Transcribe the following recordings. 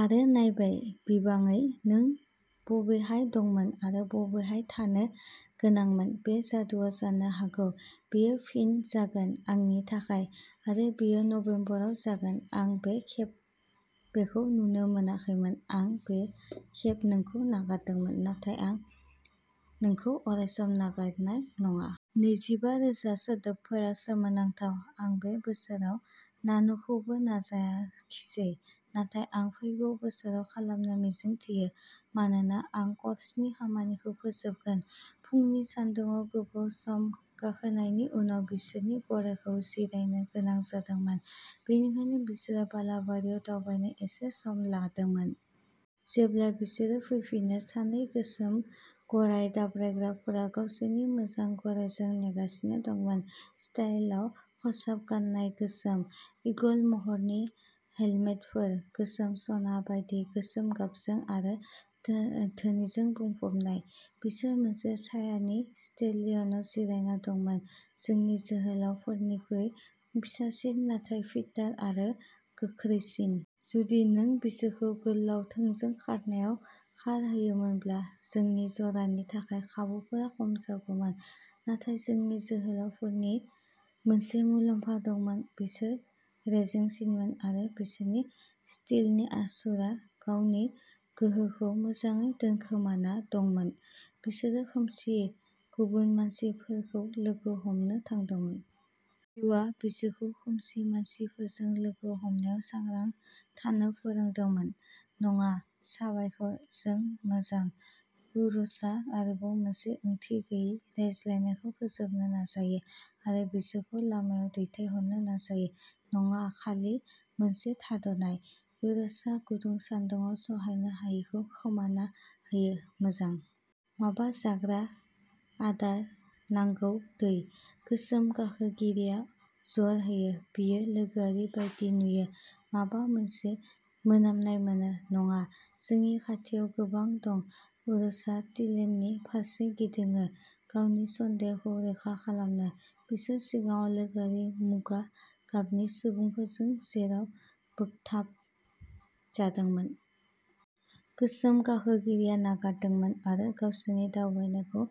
आरो नायबाय, बिबाङै, नों बबेहाय दंमोन आरो बबेहाय थानो गोनांमोन। बे जादुआ जानो हागौ। बेयो फिन जागोन, आंनि थाखाय, आरो बेयो नबेम्बराव जागोन। आं बे खेब बेखौ नुनो मोनाखैमोन। आं बे खेब नोंखौ नागारदोंमोन, नाथाय आं नोंखौ अरायसम नागारनाय नङा। नैजिबा रोजा सोदोबफोरा सोमोनांथाव! आं बे बोसोराव नान'खौबो नाजाखिसै, नाथाय आं फैगौ बोसोराव खालामनो मिजिंथियो, मानोना आं कर्सनि खामानिखौ फोजोबगोन। फुंनि सान्दुङाव गोबाव सम गाखोनायनि उनाव बिसोरनि गरायखौ जिरायनो गोनां जादोंमोन, बेनिखायनो बिसोरो बालाबारियाव दावबायनो एसे सम लादोंमोन। जेब्ला बिसोरो फैफिनो, सानै गोसोम गराय दाब्रायग्राफोरा गावसोरनि मोजां गरायजों नेगासिनो दंमोन। स्टाइलआव खसाब गान्नाय-गोसोम ईगल महरनि हेलमेटफोर, गोसोम सना बायदि गोसोम गाबजों आरो धोनिजों बुंफबनाय, बिसोरो मोनसे सायानि स्टेलियनआव जिरायना दंमोन, जोंनि जोहोलावफोरनिख्रुइ फिसासिन नाथाय फिटार आरो गोख्रैसिन। जुदि नों बिसोरखौ गोलाव थोंजों खारनायाव खारहोयोमोनब्ला। जोंनि जरानि थाखाय खाबुफोरा खम जागोन। नाथाय जोंनि जोहोलावफोरनि मोनसे मुलाम्फा दंमोन। बिसोर रेजेंसिनमोन आरो बिसोरनि स्टिलनि असुरआ गावनि गोहोखौ मोजाङै दोनखोमाना दंमोन। बिसोरो खोमसि गुबुन मानसिफोरखौ लोगो हमनो थांदोंमोन। जिउआ बिसोरखौ खोमसि मानसिफोरखौ लोगो हमनायाव सांग्रां थानो फोरोंदोंमोन। "नङा, साबायखर, जों मोजां।" उर'सआ आरोबाव मोनसे ओंथि गैयै रायज्लायनायखौ फोजोबनो नाजायो आरो बिसोरखौ लामायाव दैथायहरनो नाजायो। "नङा, खालि मोनसे थाद'नाय", उर'सआ गुदुं सान्दुङाव सहायनो हायैखौ खोमाना होयो। "मोजां... माबा जाग्रा आदार नांगौ, दै? गोसोम गाखोगिरिया जर होयो। बियो लोगोआरि बायदि नुयो। माबा मोनसे मोनामनाय मोनो। नङा, जोंनि खाथियाव गोबां दं। उर'सआ टिलेननि फारसे गिदिङो गावनि सन्देहखौ रोखा खालामनो। बिसोर सिगाङाव लोगोआरि मुगा गाबनि सुबुंफोरजों जेयाव बोगथाबजादोंमोन। गोसोम गाखोगिरिया नागारदोंमोन आरो गावसोरनि दावबायनायखौ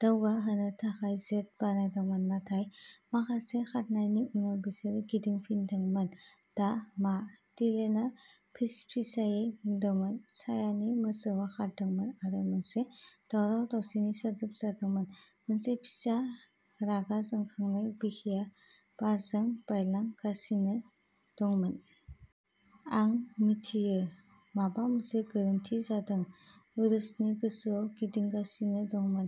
दावगाहोनो थाखाय जेद बानायदोंमोन। नाथाय माखासे खारनायनि उनाव, बिसोरो गिदिंफिनदोंमोन। दा मा? टिलेनआ फिसफिसायै बुंदोंमोन। सायानि मोसौआ खारदोंमोन आरो मोनसे दावराव-दावसिनि सोदोब जादोंमोन। मोनसे फिसा रागा जोंखांनाय बिखाया बारजों बारलांगासिनो दंमोन। "आं मिथियो माबा मोनसे गोरोन्थि जादों" उर'सनि गोसोआव गिदिंगासिनो दंमोन।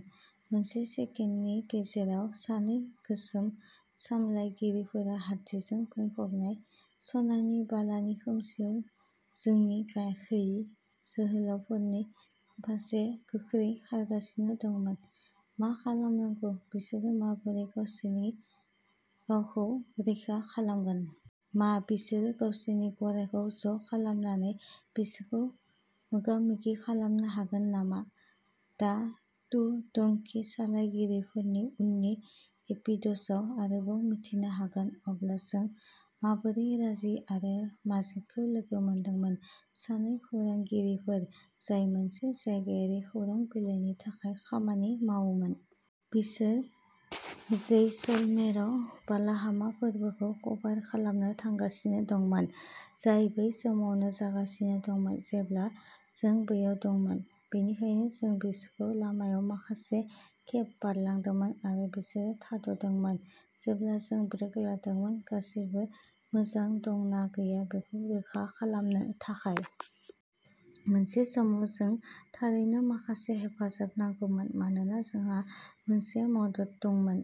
मोनसे सेकेन्डनि गेजेराव सानै गोसोम सालायगिरिफोरा हाद्रिजों बुंफबनाय सनानि बालानि खोमसियाव जोंनि गाखोयि जोहोलावफोरनि फारसे गोख्रै खारगासिनो दंमोन। मा खालामनांगौ, बिसोरो माबोरै गावसोरनि गावखौ रैखा खालामगोन? मा बिसोरो गावसोरनि गरायखौ ज'खालामनानै बिसोरखौ मोगा-मोगि खालामनो हागोन नामा? दा टू डनकि सालायगिरिफोरनि उननि एपिस'डआव आरोबाव मिथिनो हागोन! अब्ला, जों माबोरै राजि आरो माजेदखौ लोगो मोनदोंमोन-सानै खौरांगिरिफोर जाय मोनसे जायगायारि खौरां बिलाइनि थाखाय खामानि मावोमोन। बिसोरो जैसलमेराव बालाहामा फोरबोखौ कभार खालामनो थांगासिनो दंमोन, जाय बै समावनो जागासिनो दंमोन जेब्ला जों बैयाव दंमोन। बेनिखायनो जों बिसोरखौ लामायाव माखासे खेब बारलांदोंमोन आरो बिसोरो थाद'दोंमोन जेब्ला जों ब्रेक लादोंमोन-गासैबो मोजां दं ना गैया बेखौ रोखा खालामनो थाखाय। मोनसे समाव जों थारैनो माखासे हेफाजाब नांगौमोन, मानोना जोंहा मोनसे मदद दंमोन।